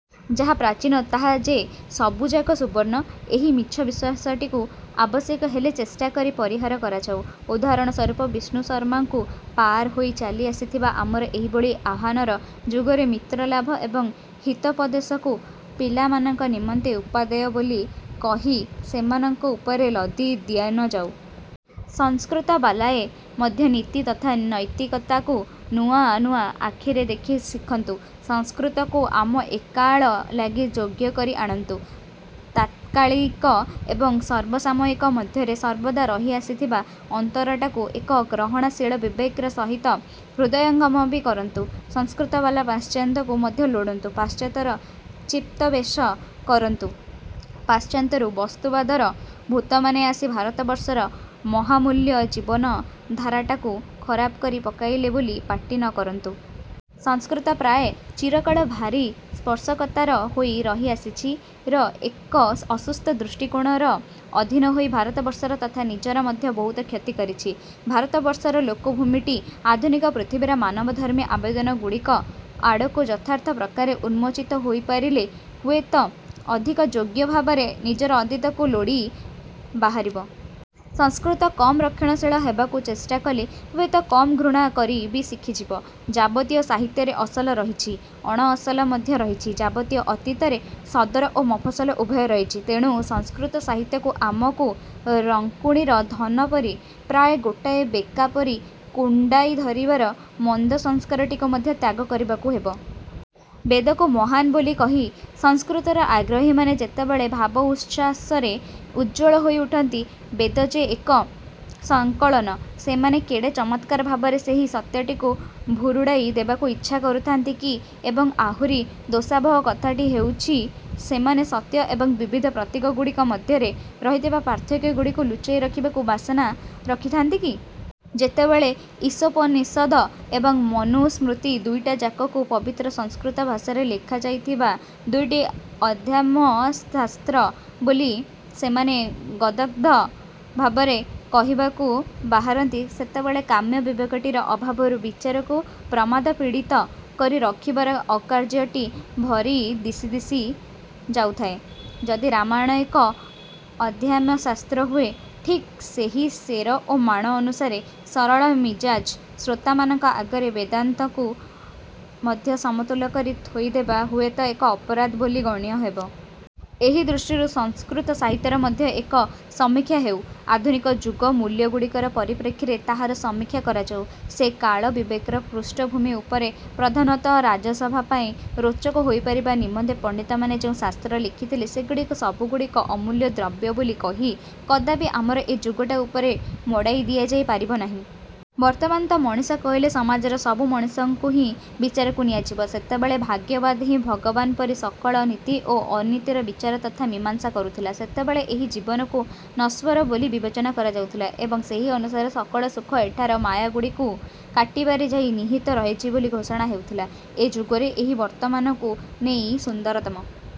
ଯାହା ପ୍ରାଚୀନ ତାହା ଯେ ସବୁଯାକ ସୁବର୍ଣ୍ଣ, ଏହି ମିଛ ବିଶ୍ଵାସଟିକୁ ଆବଶ୍ୟକ ହେଲେ ଚେଷ୍ଟା କରି ପରିହାର କରାଯାଉ। ଉଦାହରଣ ସ୍ଵରୂପ ବିଷ୍ଣୁଶର୍ମାଙ୍କୁ ପାର ହୋଇ ଚାଲି ଆସିଥିବା ଆମର ଏହିଭଳି ଆହ୍ୱାନର ଯୁଗରେ ମିତ୍ର ଲାଭ ଏବଂ ହିତୋପଦେଶକୁ ପିଲାମାନଙ୍କ ନିମନ୍ତେ ଉପାଦେୟ ବୋଲି କହି ସେମାନଙ୍କ ଉପରେ ଲଦି ଦିଆନଯାଉ। ସଂସ୍କୃତବାଲାଏ ମଧ୍ୟ ନୀତି ତଥା ନୈତିକତାକୁ ନୂଆ ନୂଆ ଆଖିରେ ଦେଖି ଶିଖନ୍ତୁ। ସଂସ୍କୃତକୁ ଆମ ଏକାଳ ଲାଗି ଯୋଗ୍ୟ କରି ଆଣନ୍ତୁ। ତାତ୍କାଳିକ ଏବଂ ସର୍ବସାମୟିକ ମଧ୍ୟରେ ସର୍ବଦା ରହି ଆସିଥିବା ଅନ୍ତରଟାକୁ ଏକ ଗ୍ରହଣଶୀଳ ବିବେକର ସହିତ ହୃଦୟଙ୍ଗମ ବି କରନ୍ତୁ। ସଂସ୍କୃତବାଲା ପାଶ୍ଚାତ୍ୟକୁ ମଧ୍ୟ ଲୋଡ଼ନ୍ତୁ, ପାଶ୍ଚାତ୍ୟର ଚିତ୍ପ୍ରବେଶ କରନ୍ତୁ, ପାଶ୍ଚାତ୍ୟରୁ ବସ୍ତୁବାଦର ଭୂତମାନେ ଆସି ଭାରତବର୍ଷର ମହାମୂଲ୍ୟ ଜୀବନଧାରାଟାକୁ ଖରାପ କରି ପକାଇଲେ ବୋଲି ପାଟି ନକରନ୍ତୁ । ସଂସ୍କୃତ ପ୍ରାୟ ଚିରକାଳ ଭାରି ସ୍ପର୍ଶକାତର ହୋଇ ରହିଆସିଛି ର ଏକ ଅସୁସ୍ଥ ଦୃଷ୍ଟିକୋଣର ଅଧୀନ ହୋଇ ଭାରତବର୍ଷର ତଥା ନିଜର ମଧ୍ୟ ବହୁତ କ୍ଷତି କରିଛି। ଭାରତବର୍ଷର ଲୋକଭୂମିଟି ଆଧୁନିକ ପୃଥିବୀର ମାନବଧର୍ମୀ ଆବେଦନ ଗୁଡ଼ିକ ଆଡ଼କୁ ଯଥାର୍ଥ ପ୍ରକାରେ ଉନ୍ମୋଚିତ ହୋଇପାରିଲେ ହୁଏତ ଅଧିକ ଯୋଗ୍ୟ ଭାବରେ ନିଜର ଅତୀତକୁ ଲୋଡ଼ି ବାହାରିବ। ସଂସ୍କୃତ କମ୍ ରକ୍ଷଣଶୀଳ ହେବାକୁ ଚେଷ୍ଟା କଲେ ହୁଏତ କମ୍ ଘୃଣା କରି ବି ଶିଖିଯିବ। ଯାବତୀୟ ସାହିତ୍ୟରେ ଅସଲ ରହିଛି, ଅଣଅସଲ ମଧ୍ୟ ରହିଛି, ଯାବତୀୟ ଅତୀତରେ ସଦର ଓ ମଫସଲ ଉଭୟ ରହିଛି। ତେଣୁ ସଂସ୍କୃତ ସାହିତ୍ୟକୁ ଆମକୁ ରଙ୍କୁଣୀର ଧନ ପରି ପ୍ରାୟ ଗୋଟାଏ ବେକା ପରି କୁଣ୍ଡାଇ ଧରିବାର ମନ୍ଦ ସଂସ୍କାରଟିକୁ ମଧ୍ୟ ତ୍ୟାଗ କରିବାକୁ ହେବ। ବେଦକୁ ମହାନ୍ ବୋଲି କହି ସଂସ୍କୃତର ଆଗ୍ରହୀମାନେ ଯେତେବେଳେ ଭାବଉଚ୍ଛ୍ୱାସରେ ଉଜ୍ଜ୍ୱଳ ହୋଇ ଉଠନ୍ତି, ବେଦ ଯେ ଏକ ବହୁଜାତୀୟ ସାହିତ୍ୟ ଦ୍ରବ୍ୟଗୁଡ଼ିକର ଏକ ସଂକଳନ, ସେମାନେ କେଡ଼େ ଚମତ୍କାର ଭାବରେ ସେହି ସତ୍ୟଟିକୁ ଭୁରୁଡ଼ାଇ ଦେବାକୁ ଇଚ୍ଛା କରୁଥାନ୍ତି କି? ଏବଂ ଆହୁରି ଦୋଷାବହ କଥାଟି ହେଉଛି, ସେମାନେ ସତ୍ୟ ଏବଂ ବିବିଧ ପ୍ରତୀକଗୁଡ଼ିକ ମଧ୍ୟରେ ରହିଥିବା ପାର୍ଥକ୍ୟଗୁଡ଼ିକୁ ଲୁଚାଇ ରଖିବାକୁ ବାସନା ରଖିଥାନ୍ତି କି? ଯେତେବେଳେ ଈଶୋପନିଷଦ ଏବଂ ମନୁସ୍ମୃତି ଦୁଇଟାଯାକକୁ ପବିତ୍ର ସଂସ୍କୃତ ଭାଷାରେ ଲେଖା ଯାଇଥିବା ଦୁଇଟି ଅଧ୍ୟାତ୍ମଶାସ୍ତ୍ର ବୋଲି ସେମାନେ ଗଦ୍ଗଦ୍ ଭାବରେ କହିବାକୁ ବାହାରନ୍ତି, ସେତେବେଳେ କାମ୍ୟ ବିବେକଟିର ଅଭାବରୁ ବିଚାରକୁ ପ୍ରମାଦପୀଡ଼ିତ କରି ରଖିବାର ଅକାର୍ଯ୍ୟଟି ଭରି ଦିଶି ଦିଶି ଯାଉଥାଏ। ଯଦି ରାମାୟଣ ଏକ ଅଧ୍ୟାତ୍ମଶାସ୍ତ୍ର ହୁଏ, ଠିକ୍ ସେହି ସେର ଓ ମାଣ ଅନୁସାରେ ସରଳମିଜାଜ ଶ୍ରୋତାମାନଙ୍କ ଆଗରେ ବେଦାନ୍ତକୁ ମଧ୍ୟ ସମତୁଲ କରି ଥୋଇଦେବା ହୁଏତ ଏକ ଅପରାଧ ବୋଲି ଗଣ୍ୟ ହେବ। ଏହି ଦୃଷ୍ଟିରୁ ସଂସ୍କୃତ ସାହିତ୍ୟର ମଧ୍ୟ ଏକ ସମୀକ୍ଷା ହେଉ। ଆଧୁନିକ ଯୁଗ ମୂଲ୍ୟ ଗୁଡ଼ିକର ପରିପ୍ରେକ୍ଷୀରେ ତାହାର ସମୀକ୍ଷା କରାଯାଉ। ସେ କାଳ ବିବେକର ପୃଷ୍ଠଭୂମି ଉପରେ ପ୍ରଧାନତଃ ରାଜସଭା ପାଇଁ ରୋଚକ ହୋଇପାରିବା ନିମନ୍ତେ ପଣ୍ଡିତମାନେ ଯେଉଁ ଶାସ୍ତ୍ର ଲେଖିଥଲେ, ସେଗୁଡ଼ିକୁ ସବୁଗୁଡ଼ିକୁ ଅମୂଲ୍ୟ ଦ୍ରବ୍ୟ ବୋଲି କହି କଦାପି ଆମର ଏ ଯୁଗଟା ଉପରେ ମଡ଼ାଇ ଦିଆଯାଇ ପାରିବ ନାହିଁ। ବର୍ତ୍ତମାନ ତ ମଣିଷ କହିଲେ ସମାଜର ସବୁ ମଣିଷଙ୍କୁ ହିଁ ବିଚାରକୁ ନିଆଯିବ। ସେତେବେଳେ ଭାଗ୍ୟବାଦ ହିଁ ଭଗବାନ ପରି ସକଳ ନୀତି ଓ ଅନୀତିର ବିଚାର ତଥା ମୀମାଂସା କରୁଥିଲା। ସେତେବେଳେ ଏହି ଜୀବନକୁ ନଶ୍ୱର ବୋଲି ବିବେଚନା କରାଯାଉଥିଲା ଏବଂ ସେହି ଅନୁସାରେ ସକଳ ସୁଖ ଏଠାର ମାୟାଗୁଡ଼ିକୁ କାଟିବାରେ ଯାଇ ନିହିତ ରହିଛି ବୋଲି ଘୋଷଣା ହେଉଥିଲା। ଏ ଯୁଗରେ, ଏହି ବର୍ତ୍ତମାନକୁ ନେଇ ସୁନ୍ଦରତମ